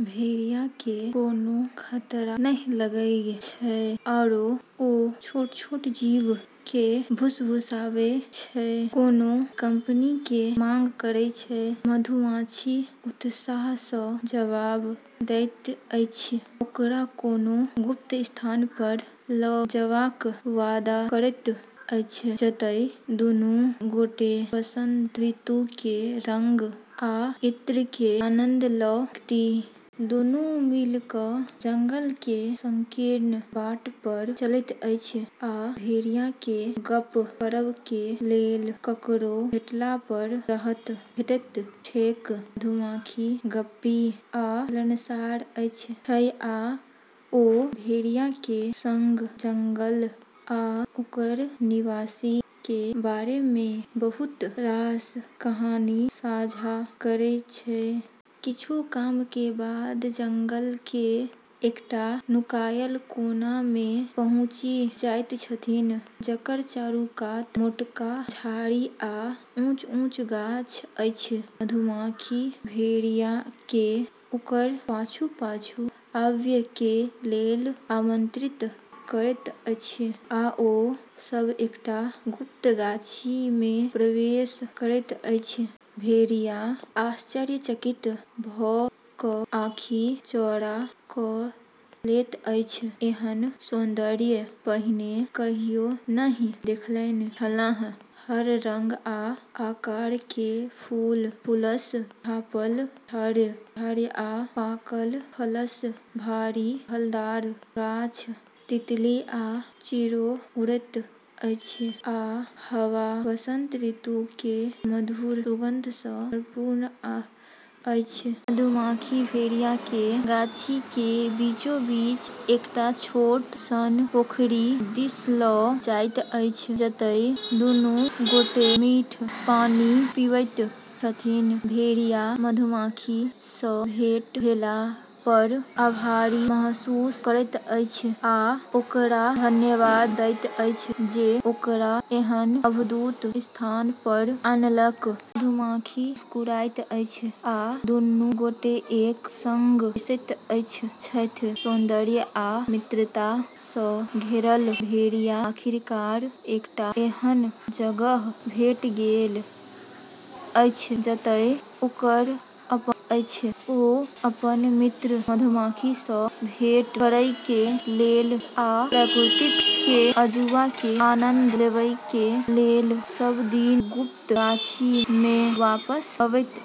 भेड़िया केँ कोनो खतरा नै लगै छै, आरो ओ छोट-छोट जीव केँ फुसफुसाबै छै, कोनो कंपनी के मांग करै छै। मधुमाछी उत्साह सँ जवाब दैत अछि, ओकरा कोनो गुप्त स्थान पर ल' जेबाक वादा करैत अछि जतय दुनू गोटे वसंत ऋतु के रंग आ इत्र के आनंद ल' सकथि। दुनू मिलि क' जंगल के संकीर्ण बाट पर चलैत अछि, आ भेड़िया केँ गप्प करब के लेल ककरो भेटला पर राहत भेटैत छैक। मधुमाछी गप्पी आ मिलनसार छै, आ ओ भेड़िया के संग जंगल आ ओकर निवासी के बारे में बहुत रास कहानी साझा करै छै। किछु समय के बाद जंगल के एकटा नुकायल कोना में पहुँचि जाइत छथि, जकर चारू कात मोटका झाड़ी आ ऊँच-ऊँच गाछ अछि। मधुमाछी भेड़िया के ओकर पाछू-पाछू आबय के लेल आमंत्रित करैत अछि, आ ओ सभ एकटा गुप्त गाछी में प्रवेश करैत अछि। भेड़िया आश्चर्यचकित भ' कऽ आँखि चौड़ा क' लैत अछि। एहन सौन्दर्य पहिने कहियो नहि देखने छलाह। हर रंग आ आकार के फूल, फूलसँ झाँपल झाड़, आ पाकल फलसँ भारी फलदार गाछ। तितली आ चिड़ै उड़ैत अछि, आ हवा वसंत ऋतु के मधुर सुगंधसँ भरपूर अछि। मधुमाछी भेड़िया के गाछी के बीचोबीच एकटा छोट सन पोखरि दिस लऽ जाइत अछि, जतय दुनू गोटे मीठ पानि पीबैत छथि। भेड़िया मधुमाछी सँ भेंट भेला पर आभारी महसूस करैत अछि, आ ओकरा धन्यवाद दैत अछि जे ओकरा एहन अद्भुत स्थान पर आनेलक। मधुमाछी मुस्कुराइत अछि, आ दुनू गोटे एक संग बैसैत छथि, सौन्दर्य आ मित्रता सँ घेरल। भेड़िया आखिरकार एकटा एहन जगह भेट गेल अछि जतय ओकर अपन अछि। ओ अपन मित्र मधुमाछी सँ भेंट करय के लेल आ प्रकृति के अजूबा के आनंद लेबय के लेल सब दिन गुप्त गाछी में वापस अबैत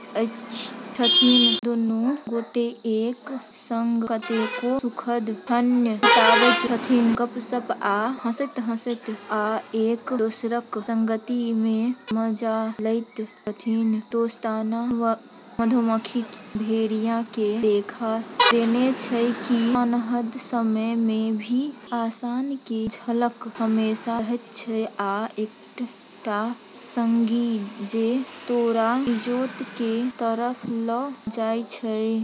छथि। दुनू गोटे एक संग कतेको सुखद क्षण बिताबैत छथि, गप्प-सप्प आ हँसैत-हँसैत, आ एक-दोसरक संगति में मजा लैत छथि। दोस्ताना मधुमक्खी भेड़िया के देखा देने छै कि अन्हार समय में भी आशा के झलक हमेशा रहै छै आ एक टा संगी जे तोरा इजोत के तरफ ल' जाइत छौ।